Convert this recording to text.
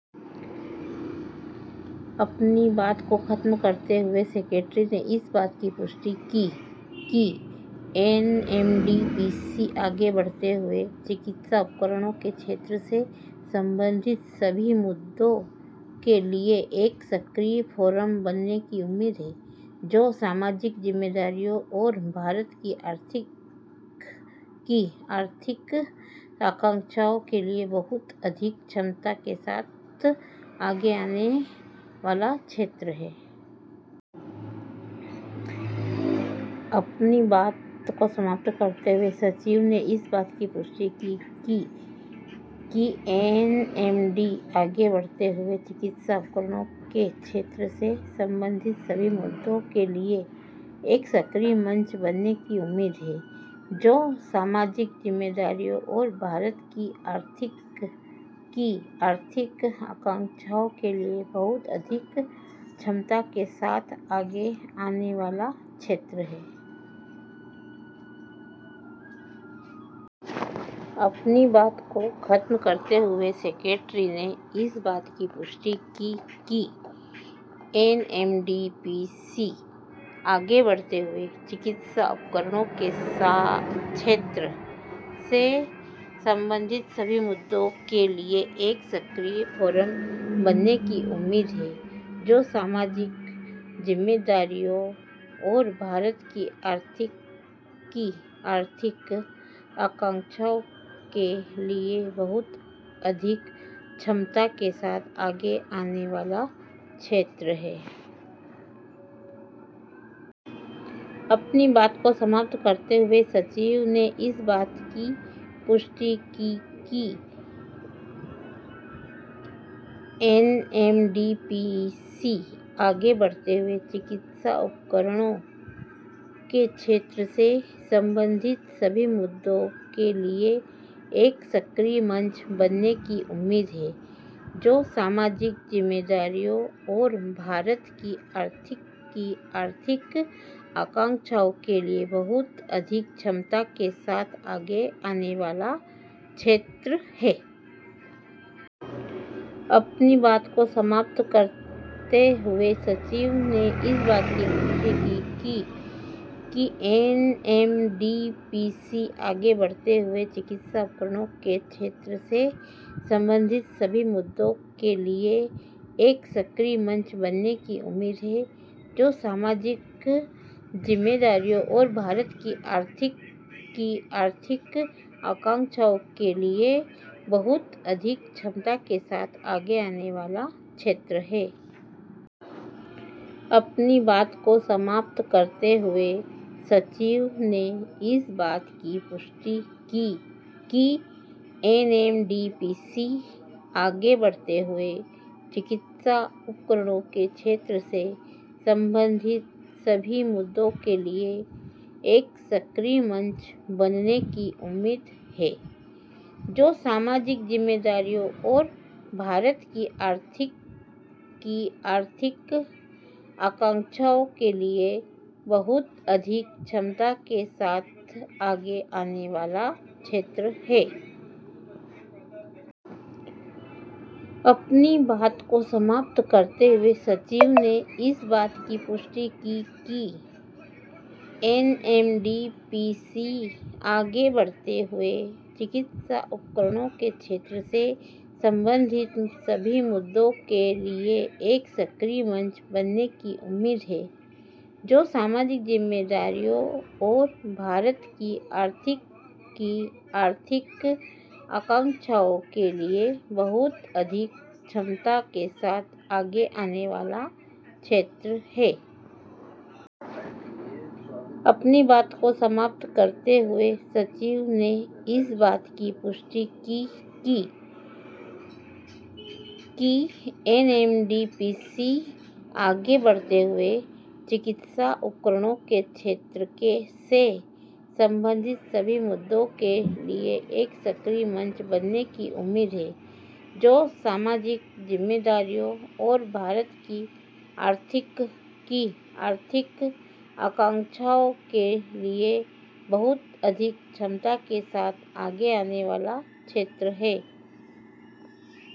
اپنی بات کو ختم کرتے ہوئے سیکریٹری نے اس بات کی تصدیق کی کہ N M D P C, آگے بڑھتے ہوئے، طبی آلات کے شعبے سے متعلق تمام مسائل کے لیے ایک سرگرم فورم بننے کی امید ہے، جو سماجی ذمہ داریوں اور بھارت کی اقتصادی کی اقتصادی امنگوں کے لیے بہت زیادہ صلاحیت کے ساتھ آگے آنے والا شعبہ ہے۔ وزارت اطلاعات و نشریات کے سیکریٹری نے امرناتھ جی یاترا دو ہزار بائیس کی تشہیر کے سلسلے میں میٹنگ کا انعقاد کیا۔ مرکز کے زیر انتظام ریاست کی ترقی سے جڑی حصولیابیوں کا احاطہ کرنے کی ضرورت، یاترا سرگرمیوں کو کل ہند سطح پر کوریج ملے گی: جناب اپورو چندر۔ ریکارڈ تعداد میں لوگوں کے حصہ لینے کی امید، دوگنی تیاریاں کی جا رہی ہیں: C E O, Shri Amarnath ji shrine board. یاتریوں کے آنے جانے پر نظر رکھنے کے لیے R F I D tag جاری کیے جائیں گے، اس سال چھ سے آٹھ لاکھ تیرتھ یاتریوں کے آنے کا امکان۔ نئی دہلی: گیارہ اپریل دو ہزار بائیس: وزارت اطلاعات و نشریات، حکومت ہند کے سیکریٹری جناب اپورو چندرا نے آج سری نگر میں تیس جون سے شروع ہو رہی مجوزہ تینتالیس روزہ شری امرناتھ جی یاترا کی وسیع تشہیر کے سلسلے میں ایک میٹنگ منعقد کی۔ میٹنگ میں وزارت اطلاعات و نشریات کے سیکریٹری، جموں و کشمیر سرکار کے چیف سیکریٹری جناب ارون کمار مہتا، شری امرناتھ جی شرائن بورڈ کے سی ای او جناب نتیشور کمار، جموں کشمیر سرکار کے چیف سیکریٹری جناب روہت کنسل، مرکزی سرکار کے اعلیٰ افسران، وزارت اطلاعات و نشریات کے جوائنٹ سیکریٹری جناب وکرم سہائے، آکاش وانی کے چیف ڈائریکٹر جنرل جناب این وی ریڈی، دوردرشن کے ڈائریکٹر جنرل جناب Mayank Agarwal, press information bureau Srinagar کے additional director general Rajendra Chaudhary اور دیگر اعلیٰ حکام اس میٹنگ میں موجود تھے۔ میٹنگ میں جناب اپورو چندر نے کہا کہ تیرتھ یاترا کی پوری مدت کے دوران جموں کشمیر انتظامیہ کے اندازے کی بنیاد پر وزارت اطلاعات و نشریات کی متعدد میڈیا اکائیوں کے ذریعے تشہیری سرگرمیوں کا منصوبہ تیار کیا جائے گا۔ انہوں نے کہا کہ امرناتھ جی یاترا کی سرگرمیوں سے جڑے کوریج کو پورے ملک میں نشر کیا جائے گا اور خطے میں سیاحتی سرگرمیوں کی کوریج پر بھی توجہ دی جائے گی۔ انہوں نے کہا، "جموں کشمیر میں...